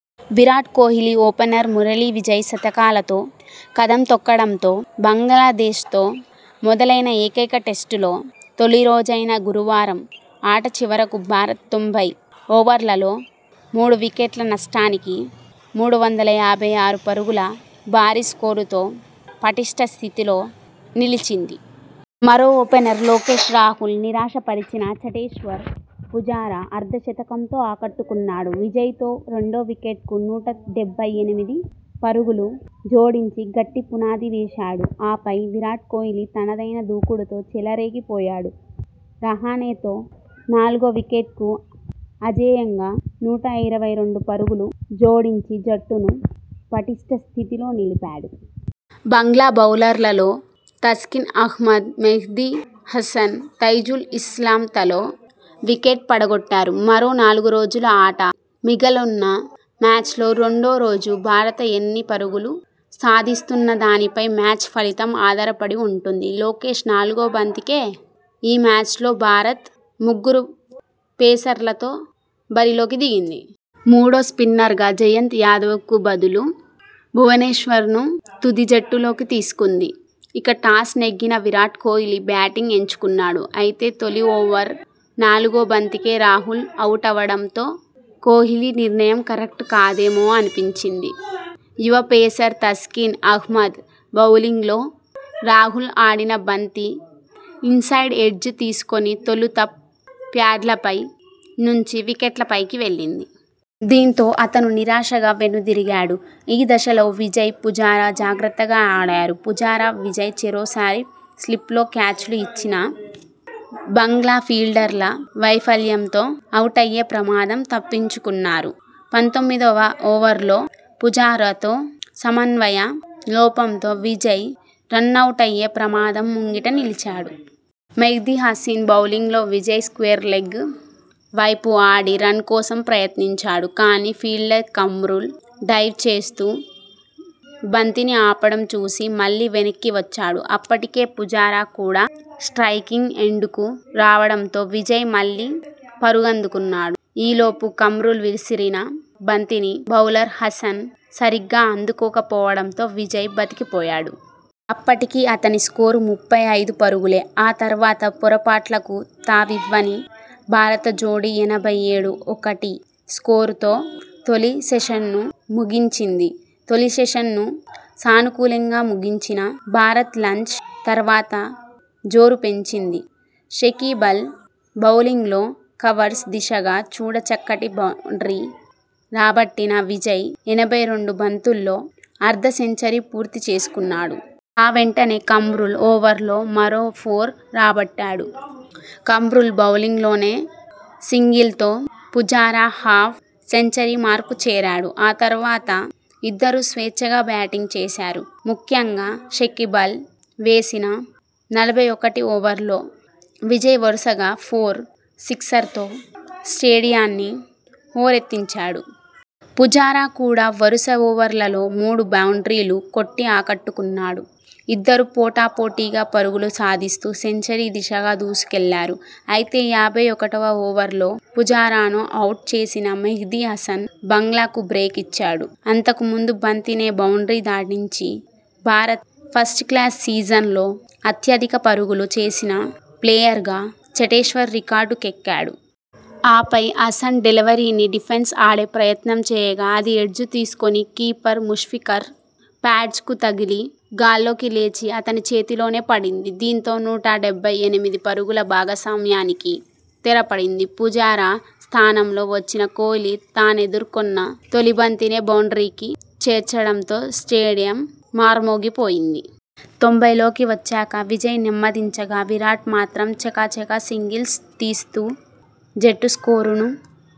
Virat Kohli, opener Murali Vijay శతకాలతో కదం తొక్కడంతో బంగ్లాదేశ్తో మొదలైన ఏకైక టెస్టులో తొలి రోజైన గురువారం ఆట చివరకు భారత్ తొంభై ఓవర్లలో మూడు వికెట్ల నష్టానికి మూడు వందల యాభై ఆరు పరుగుల భారీ స్కోరుతో పటిష్ట స్థితిలో నిలిచింది. మరో ఓపెనర్ లోకేశ్ రాహుల్ నిరాశ పరిచినా, చటేశ్వర్ పుజారా అర్ధ శతకంతో ఆకట్టుకున్నాడు. విజయ్తో రెండో వికెట్కు నూట డెబ్బై ఎనిమిది పరుగులు జోడించి గట్టి పునాది వేశాడు. ఆపై, విరాట్ కోహ్లీ తనదైన దూకుడుతో చెలరేగి పోయాడు. రహానె తో నాలుగో వికెట్కు అ జేయంగా నూట ఇరవై రెండు పరుగులు జోడించి జట్టును పటిష్ట స్థితిలో నిలిపాడు. బంగ్లా బౌలర్లలో తస్కిన్ అహ్మద్, మెహ్దీ హసన్, తైజుల్ ఇస్లాం తలో వికెట్ పడ గొట్టారు. మరో నాలుగు రోజుల ఆట మిగిలున్న మ్యాచ్లో రెండో రోజు భారత ఎన్ని పరుగులు సాధిస్తుందన్న దానిపై మ్యాచ్ ఫలితం ఆధారపడి ఉంటుంది! లోకేశ్ నాలుగో బంతికే.. ఈ మ్యాచ్లో భారత్ ముగ్గురు పేసర్లతో బరిలోకి దిగింది. మూడో స్పిన్నర్గా జయంత్ యాదవ్కు బదులు భువనేశ్వర్ను తుది జట్టులోకి తీసుకుంది. ఇక, టాస్ నెగ్గిన విరాట్ కోహ్లీ బ్యాటింగ్ ఎంచుకున్నాడు. అయితే తొలి ఓవర్ నాలుగో బంతికే రాహుల్ అవుటవడంతో కోహ్లీ నిర్ణయం కరెక్ట్ కాదేమో అనిపించింది! యువ పేసర్ తస్కిన్ అహ్మద్ బౌలింగ్లో రాహుల్ ఆడిన బంతి ఇన్సైడ్ ఎడ్జ్ తీసుకుని తొలుత ప్యాడ్లపై నుంచి వికెట్లపైకి వెళ్లింది. దీంతో, అతను నిరాశగా వెను దిరిగాడు. ఈ దశలో విజయ్, పుజారా జాగ్రత్తగా ఆడారు. పుజారా, విజయ్ చెరోసారి స్లిప్లో క్యాచ్లు ఇచ్చినా బంగ్లా ఫీల్డర్ల వైఫల్యంతో అవుటయ్యే ప్రమాదం తప్పించుకున్నారు. పంతొమ్మిదివ ఓవర్లో పుజారాతో సమన్వయ లోపంతో విజయ్ రనౌటయ్యే ప్రమాదం ముంగిట నిలిచాడు. మెహ్దీ హసన్ బౌలింగ్లో విజయ్ స్క్వేర్లెగ్ వైపు ఆడి రన్ కోసం ప్రయత్నించాడు. కానీ, ఫీల్డర్ కమ్రుల్ డైవ్ చేస్తూ బంతిని ఆపడం చూసి మళ్లీ వెనక్కి వచ్చాడు. అప్పటికే పుజారా కూడా స్ట్రయికింగ్ ఎండ్కు రావడంతో విజయ్ మళ్లీ పరుగందుకున్నాడు. ఈ లోపు కమ్రుల్ విసిరిన బంతిని బౌలర్ హసన్ సరిగ్గా అందుకోక పోవడంతో విజయ్ బతికి పోయాడు. అప్పటికి అతని స్కోరు ముప్పై ఐదు పరుగులే. ఆ తర్వాత పొరపాట్లకు తావివ్వని భారత జోడీ ఎనభై ఏడు ,ఒకటి స్కోరుతో తొలి సెషన్ను ముగించింది. తొలిసెషన్ను సానుకూలంగా ముగించిన భారత్ లంచ్ తర్వాత జోరు పెంచింది. షకీబల్ బౌలింగ్లో కవర్స్ దిశగా చూడ చక్కటి బౌండ్రీ రాబట్టిన విజయ్ ఎనభై రెండు బంతుల్లో అర్ధ సెంచరీ పూర్తి చేసుకున్నాడు. ఆ వెంటనే కమ్రుల్ ఓవర్లో మరో ఫోర్ రాబట్టాడు. కమ్రుల్ బౌలింగ్లోనే సింగిల్తో పుజారా హాఫ్ సెంచరీ మార్కు చేరాడు. ఆ తర్వాత ఇద్దరూ స్వేచ్ఛగా బ్యాటింగ్ చేశారు. ముఖ్యంగా షకీబల్ వేసిన నలభై ఒకటి ఓవర్లో విజయ్ వరుసగా ఫోర్, సిక్సర్తో స్టేడియాన్ని హోరెత్తించాడు. పుజారా కూడా వరుస ఓవర్లలో మూడు బౌండ్రీలు కొట్టి ఆకట్టు కున్నాడు. ఇద్దరూ పోటా పోటీగా పరుగులు సాధిస్తూ సెంచరీ దిశగా దూసుకెళ్లారు. అయితే యాభై ఒకటివ ఓవర్లో పుజారాను అవుట్ చేసిన మెహ్దీ హసన్ బంగ్లాకు బ్రేక్ ఇచ్చాడు. అంతకు ముందు బంతినే బౌండ్రీ దాటించి భారత ఫస్ట్క్లాస్ సీజన్లో అత్యధిక పరుగులు చేసిన ప్లేయర్గా చటేశ్వర్ రికార్డు కెక్కాడు. ఆపై, హసన్ డెలివరీని డిఫెన్స్ ఆడే ప్రయత్నం చేయగా అది ఎడ్జ్ తీసుకొని కీపర్ ముష్ఫికర్ ప్యాడ్స్కు తగిలి గాల్లోకి లేచి అతని చేతిలోనే పడింది. దీంతో నూట డెబ్బై ఎనిమిది పరుగుల భాగస్వామ్యానికి తెర పడింది. పుజారా స్థానంలో వచ్చిన కోహ్లీ తానెదుర్కొన్న తొలి బంతినే బౌండ్రీకి చేర్చడంతో స్టేడియం మార్మోగిపోయింది. తొంభైల్లోకి వచ్చాక విజయ్ నెమ్మదించగా, విరాట్ మాత్రం చకచకా సింగిల్స్ తీస్తూ జట్టు స్కోరును